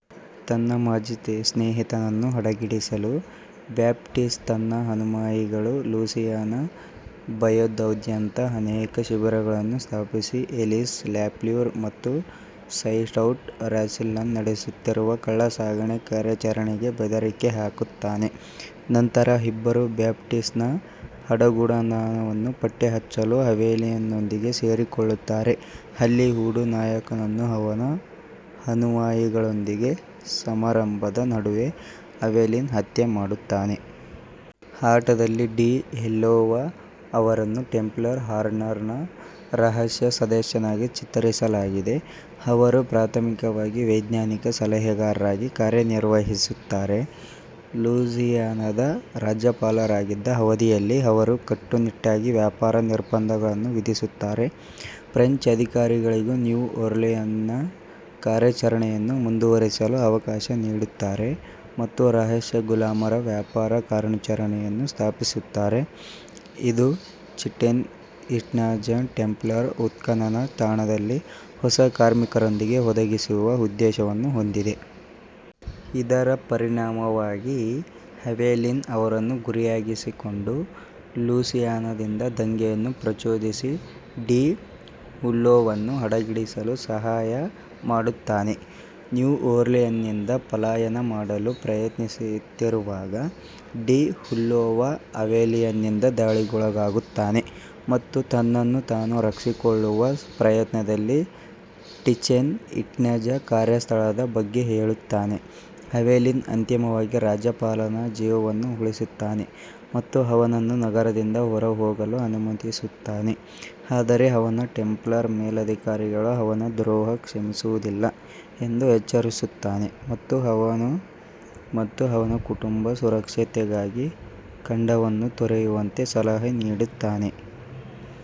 ತನ್ನ ಮಾಜಿ ಸ್ನೇಹಿತನನ್ನು ಅಡಗಿಸಿಡಲು, ಬ್ಯಾಪ್ಟಿಸ್ಟ್ ತನ್ನ ಅನುಯಾಯಿಗಳು ಲೂಯಿಸಿಯಾನ ಬಯೌದಾದ್ಯಂತ ಅನೇಕ ಶಿಬಿರಗಳನ್ನು ಸ್ಥಾಪಿಸಿ, ಎಲಿಸ್ ಲಾಫ್ಲೂರ್ ಮತ್ತು ಟೌಸೈಂಟ್ ರೌಸಿಲ್ಲನ್ ನಡೆಸುತ್ತಿರುವ ಕಳ್ಳಸಾಗಣೆ ಕಾರ್ಯಾಚರಣೆಗೆ ಬೆದರಿಕೆ ಹಾಕುತ್ತಾನೆ. ನಂತರ ಇಬ್ಬರೂ ಬ್ಯಾಪ್ಟಿಸ್ಟ್ನ ಅಡಗುದಾಣವನ್ನು ಪತ್ತೆಹಚ್ಚಲು ಅವೆಲೀನ್ನೊಂದಿಗೆ ಸೇರಿಕೊಳ್ಳುತ್ತಾರೆ, ಅಲ್ಲಿ ವೂಡೂ ನಾಯಕನನ್ನು ಅವನ ಅನುಯಾಯಿಗಳೊಂದಿಗೆ ಸಮಾರಂಭದ ನಡುವೆ ಅವೆಲೀನ್ ಹತ್ಯೆ ಮಾಡುತ್ತಾನೆ. ಆಟದಲ್ಲಿ, ಡಿ ಉಲ್ಲೋವಾ ಅವರನ್ನು ಟೆಂಪ್ಲರ್ ಆರ್ಡರ್ನ ರಹಸ್ಯ ಸದಸ್ಯನಾಗಿ ಚಿತ್ರಿಸಲಾಗಿದೆ, ಅವರು ಪ್ರಾಥಮಿಕವಾಗಿ ವೈಜ್ಞಾನಿಕ ಸಲಹೆಗಾರರಾಗಿ ಕಾರ್ಯನಿರ್ವಹಿಸುತ್ತಾರೆ. ಲೂಯಿಸಿಯಾನದ ರಾಜ್ಯಪಾಲರಾಗಿದ್ದ ಅವಧಿಯಲ್ಲಿ, ಅವರು ಕಟ್ಟುನಿಟ್ಟಾದ ವ್ಯಾಪಾರ ನಿರ್ಬಂಧಗಳನ್ನು ವಿಧಿಸುತ್ತಾರೆ, ಫ್ರೆಂಚ್ ಅಧಿಕಾರಿಗಳಿಗೆ ನ್ಯೂ ಓರ್ಲಿಯನ್ಸ್ನಲ್ಲಿ ಕಾರ್ಯಾಚರಣೆಯನ್ನು ಮುಂದುವರಿಸಲು ಅವಕಾಶ ನೀಡುತ್ತಾರೆ ಮತ್ತು ರಹಸ್ಯ ಗುಲಾಮರ-ವ್ಯಾಪಾರ ಕಾರ್ಯಾಚರಣೆಯನ್ನು ಸ್ಥಾಪಿಸುತ್ತಾರೆ, ಇದು ಚಿಚೆನ್ ಇಟ್ಜಾದಲ್ಲಿನ ಟೆಂಪ್ಲರ್ ಉತ್ಖನನ ತಾಣವನ್ನು ಹೊಸ ಕಾರ್ಮಿಕರೊಂದಿಗೆ ಒದಗಿಸುವ ಉದ್ದೇಶವನ್ನು ಹೊಂದಿದೆ. ಇದರ ಪರಿಣಾಮವಾಗಿ, ಅವೆಲೀನ್ ಅವನನ್ನು ಗುರಿಯಾಗಿಸಿಕೊಂಡು, ಲೂಯಿಸಿಯಾನ ದಂಗೆಯನ್ನು ಪ್ರಚೋದಿಸಿ ಡಿ ಉಲ್ಲೋವನ್ನು ಅಡಗಿಸಿಡಲು ಸಹಾಯ ಮಾಡುತ್ತಾನೆ. ನ್ಯೂ ಓರ್ಲಿಯನ್ಸ್ನಿಂದ ಪಲಾಯನ ಮಾಡಲು ಪ್ರಯತ್ನಿಸುತ್ತಿರುವಾಗ, ಡಿ ಉಲ್ಲೋವಾ ಅವೆಲೀನ್ನಿಂದ ದಾಳಿಗೊಳಗಾಗುತ್ತಾನೆ ಮತ್ತು ತನ್ನನ್ನು ತಾನು ರಕ್ಷಿಸಿಕೊಳ್ಳುವ ಪ್ರಯತ್ನದಲ್ಲಿ ಚಿಚೆನ್ ಇಟ್ಜಾ ಕಾರ್ಯಸ್ಥಳದ ಬಗ್ಗೆ ಹೇಳುತ್ತಾನೆ. ಅವೆಲಿನ್ ಅಂತಿಮವಾಗಿ ರಾಜ್ಯಪಾಲನ ಜೀವವನ್ನು ಉಳಿಸುತ್ತಾನೆ ಮತ್ತು ಅವನನ್ನು ನಗರದಿಂದ ಹೊರಹೋಗಲು ಅನುಮತಿಸುತ್ತಾನೆ, ಆದರೆ ಅವನ ಟೆಂಪ್ಲರ್ ಮೇಲಧಿಕಾರಿಗಳು ಅವನ ದ್ರೋಹವನ್ನು ಕ್ಷಮಿಸುವುದಿಲ್ಲ ಎಂದು ಎಚ್ಚರಿಸುತ್ತಾನೆ ಮತ್ತು ಅವನ ಮತ್ತು ಅವನ ಕುಟುಂಬದ ಸುರಕ್ಷತೆಗಾಗಿ ಖಂಡವನ್ನು ತೊರೆಯುವಂತೆ ಸಲಹೆ ನೀಡುತ್ತಾನೆ.